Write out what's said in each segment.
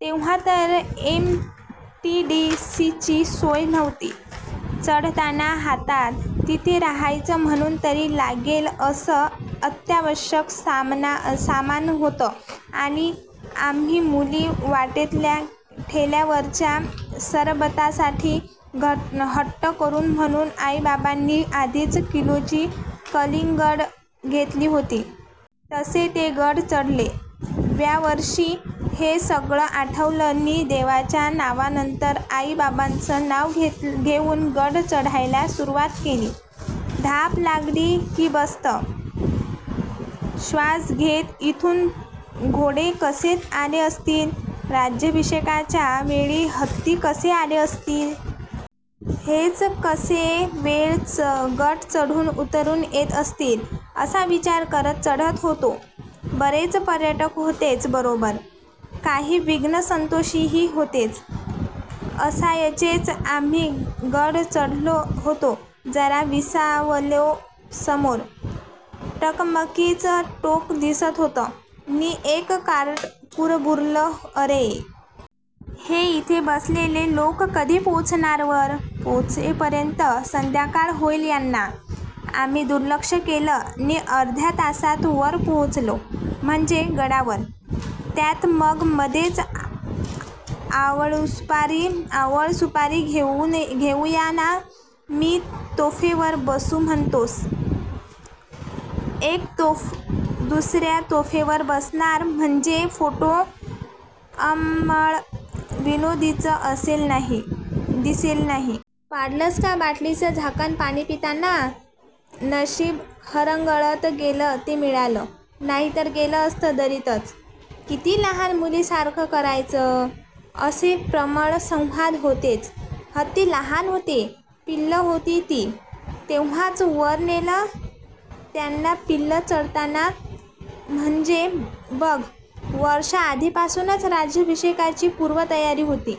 तेव्हा तर M T D C ची सोय नव्हती. चढताना हातात, तिथे रहायचं म्हणून तरी लागेल असं अत्यावश्यक सामान होतं, आणि आम्ही मुली वाटेतल्या ठेल्यावरच्या सरबतासाठी हट्ट करू म्हणून आई-बाबांनी आधीच किलोची कलिंगडं घेतली होती! तसे ते गड चढले, व्या वर्षी! हे सगळं आठवलं नि देवाच्या नावानंतर आई-बाबांचं नाव घेऊन गड चढायला सुरूवात केली! धाप लागली की बसत, श्वास घेत, "इथून घोडे कसे आले असतील? " "राज्याभिषेकाच्या वेळी हत्ती कसे आले असती? " "हेर कसे वेळ गड चढून उतरून येत असतील? " असा विचार करत चढत होतो. बरेच पर्यटक होतेच बरोबर. काही विघ्नसंतोषीही होतेच. असायचेच! आम्ही गड चढलो होतो, जरा विसावलोसमोर टकमकीचं टोक दिसत होतं, नि एक कार्टं कुरबुरलं "अरे! हे इथे बसलेले लोक कधी पोहोचणार वर? पोचेपर्यंतच संध्याकाळ होईल यांना! " आम्ही दुर्लक्ष केलं नि अर्ध्या तासात वर पोहोचलो. म्हणजे गडावर! त्यात मग मधेच "आवळसुपारी घेऊया ना" "मी तोफेवर बसू म्हणतोस? एक तोफ दुसर्या तोफेवर बसणार म्हणजे फोटो अंमळ विनोदीच दिसेल नाही! " "पाडलंस का बाटलीचं झाकण पाणी पिताना! नशीब घरंगळत गेलं ते मिळालं.. नाहीतर गेलं असतं दरीतच! किती लहान मुलीसारखं करायचं! " असे प्रमळ संवाद होतेच! " हत्ती लहान होते, पिल्लं होती ती, तेव्हाच वर नेलं त्यांनापिल्लं चढतात नाम्हणजे बघ, वर्षं आधीपासूनच राज्याभिषेकाची पूर्वतयारी होती..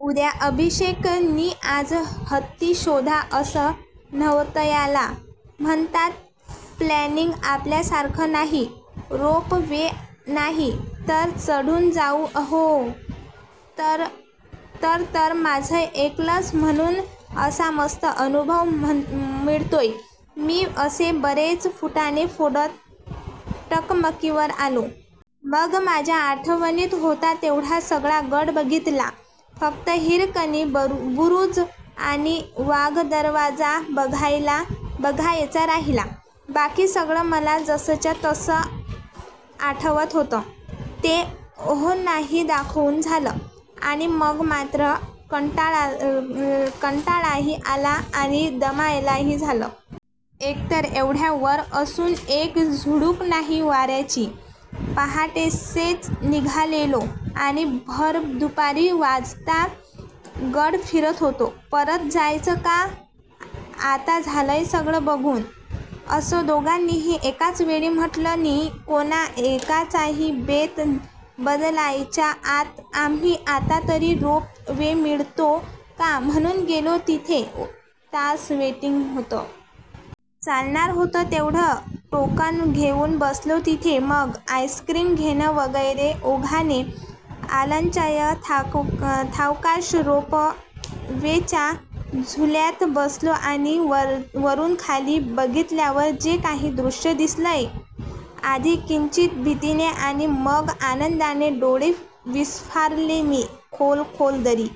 उद्या अभिषेक नि आज हत्ती शोधा असं नव्हतंयाला म्हणतात प्लॅनिंगआपल्यासारखं नाही, रोप वे नाही तर चढून जाऊ" अहो. "तर तर! माझं ऐकलंस म्हणून असा मस्त अनुभव मिळतोय" -मी. असे बरेच फुटाणे फोडत टकमकीवर आलो. मग माझ्या आठवणीत होता तेवढा सगळा गड बघितला. फक्त हिरकणी बुरूज आणि वाघदरवाजा बघायचा राहिला. बाकी सगळं मला जसच्या तसं आठवत होतं, ते अहोंनाही दाखवून झालं! आणि मग मात्र कंटाळाही आला आणि दमायलाही झालं. एकतर एवढ्या वर असून एक झुळूक नाही वार्याची, पहाटेसेच निघालेलो, आणि भर दुपारी वाजता गड फिरत होतो"परत जायचं का आताझालंय सगळं बघून.. " असं दोघांनीही एकाच वेळी म्हटलं नि कोणा एकाचाही बेत बदलायच्या आत आम्ही, आता तरी रोप वे मिळतो का म्हणून गेलो तिथे तास वेटिंग होतं. चालणार होतं तेवढं. टोकन घेऊन बसलो तिथे. मग आईसक्रीम घेणं वगैरे ओघाने आलंचयथावकाश रोप वे च्या झुल्यात बसलो आणि वरून खाली बघितल्यावर जे काही दृश्य दिसलंय! आधी किंचित भितीने आणि मग आनंदाने डोळे विस्फारले मी! खोल खोल दरी..